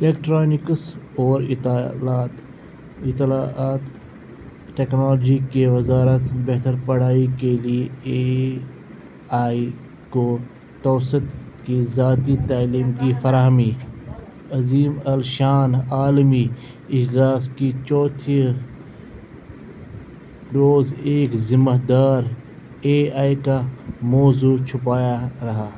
Electronics اور اطلاعات technology کی وزارت بہتر پڑھائی کے لیے اے آئی کے توسط سے ذاتی تعلیم کی فراہمی، عظیم الشان عالمی اجلاس کے چوتھے روز ایک ذمہ دار اے آئی کا موضوع چھایا رہا۔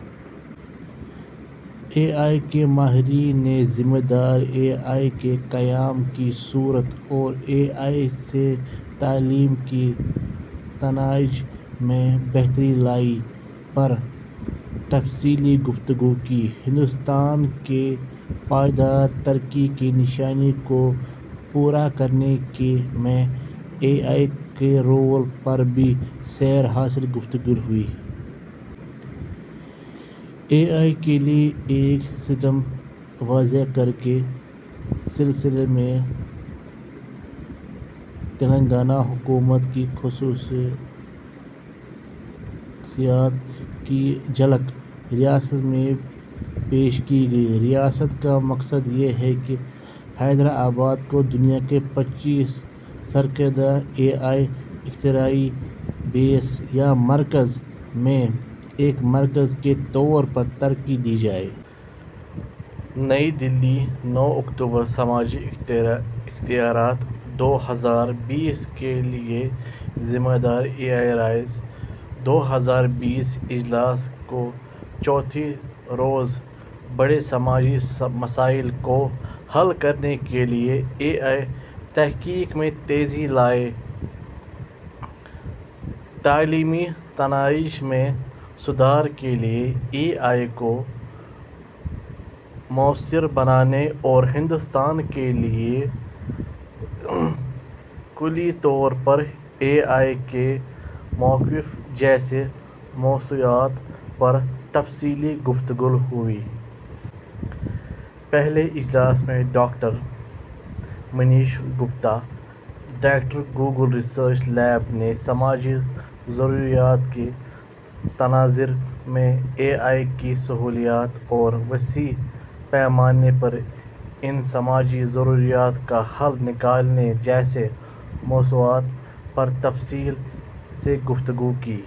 اے آئی کے ماہرین نے ذمہ دار اے آئی کے قیام کی ضرورت اور اے آئی سے تعلیم کے نتائج میں بہتری لانے پر تفصیلی گفتگو کی۔ ہندوستان کی پائیدار ترقی کے نشانے کو پورا کرنے میں اے آئی کے رول پر بھی سیر حاصل گفتگو ہوئی۔ اے آئی کے لیے ایک ایکو سسٹم وضع کرنے کے سلسلے میں تلنگانہ حکومت کی حصولیابیوں کی جھلک ریاست میں پیش کی گئی۔ ریاست کا مقصد یہ ہے کہ حیدرآباد کو دنیا کے پچیس سرکردہ اے آئی اختراعی ہبس یا مراکز میں سے ایک مرکز کے طور پر ترقی دی جائے۔ نئی دہلی، نو اکتوبر: سماجی اختیارات دو ہزار بیس کے لیے ذمہ دار اے آئی رائز دو ہزار بیس اجلاس کے چوتھے روز بڑے سماجی مسائل کو حل کرنے کے لیے اے آئی تحقیق میں تیزی لانے، تعلیمی نتائج میں سدھار کے لیے اے آئی کو مؤثر بنانے اور ہندوستان کے لیے کلی طور پر اے آئی کے مواقع جیسے موضوعات پر تفصیلی گفتگو ہوئی۔ پہلے اجلاس میں doctor Manish Gupta, director Google research lab نے سماجی ضروریات کے تناظر میں اے آئی کی صلاحیت اور وسیع پیمانے پر ان سماجی ضروریات کا حل نکالنے جیسے موضوعات پر تفصیل سے گفتگو کی۔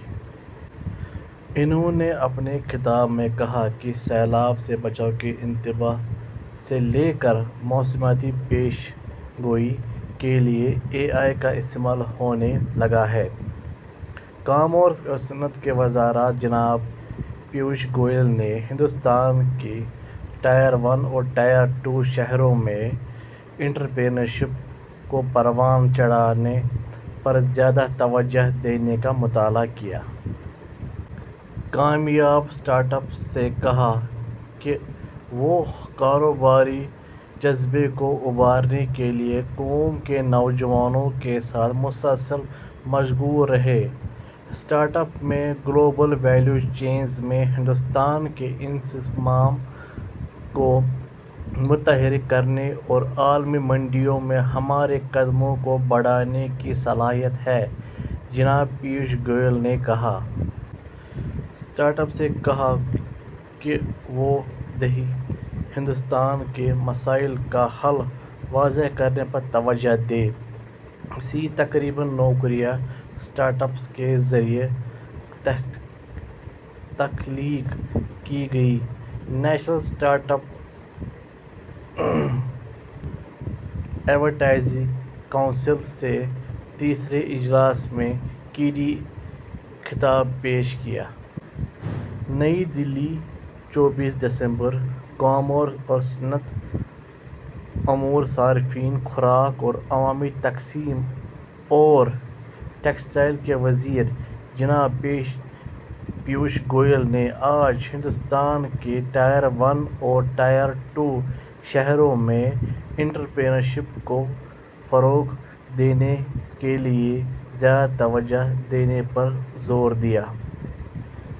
انھوں نے اپنے خطاب میں کہا کہ سیلاب سے بچاؤ کے انتباہ سے لے کر موسمیاتی پیش گوئی کے لیے اے آئی کا استعمال ہونے لگا ہے۔ کامرس اور صنعت کی وزارت جناب پیوش گوئل نے ہندوستان کے ٹائر ون اور ٹائر ٹو شہروں میں انٹرپرینیورشپ کو پروان چڑھانے پر زیادہ توجہ دینے کا مطالبہ کیا۔ کامیاب اسٹارٹ اپس سے کہا ہے کہ وہ کاروباری جذبے کو ابھارنے کے لیے قوم کے نوجوانوں کے ساتھ مسلسل مشغول رہیں۔ اسٹارٹ اپس میں گلوبل ویلیو چینز میں ہندوستان کے انضمام کو متحرک کرنے اور عالمی منڈیوں میں ہمارے قدموں کو بڑھانے کی صلاحیت ہے، جناب پیوش گوئل نے کہا۔ اسٹارٹ اپس سے کہا کہ وہ دیہی ہندوستان کے مسائل کا حل وضع کرنے پر توجہ دیں۔ سے تقریباً نوکریاں اسٹارٹ اپس کے ذریعہ تخلیق کی گئیں۔ National startup advisory council کے تیسرے اجلاس میں کلیدی خطاب پیش کیا۔ نئی دہلی، چوبیس دسمبر: کامرس اور صنعت، امور صارفین، خوراک اور عوامی تقسیم اور ٹیکسٹائل کے وزیر جناب پیوش گوئل نے آج ہندوستان کے ٹائر ون اور ٹائر ٹو شہروں میں انٹرپرینیورشپ کو فروغ دینے کے لیے زیادہ توجہ دینے پر زور دیا۔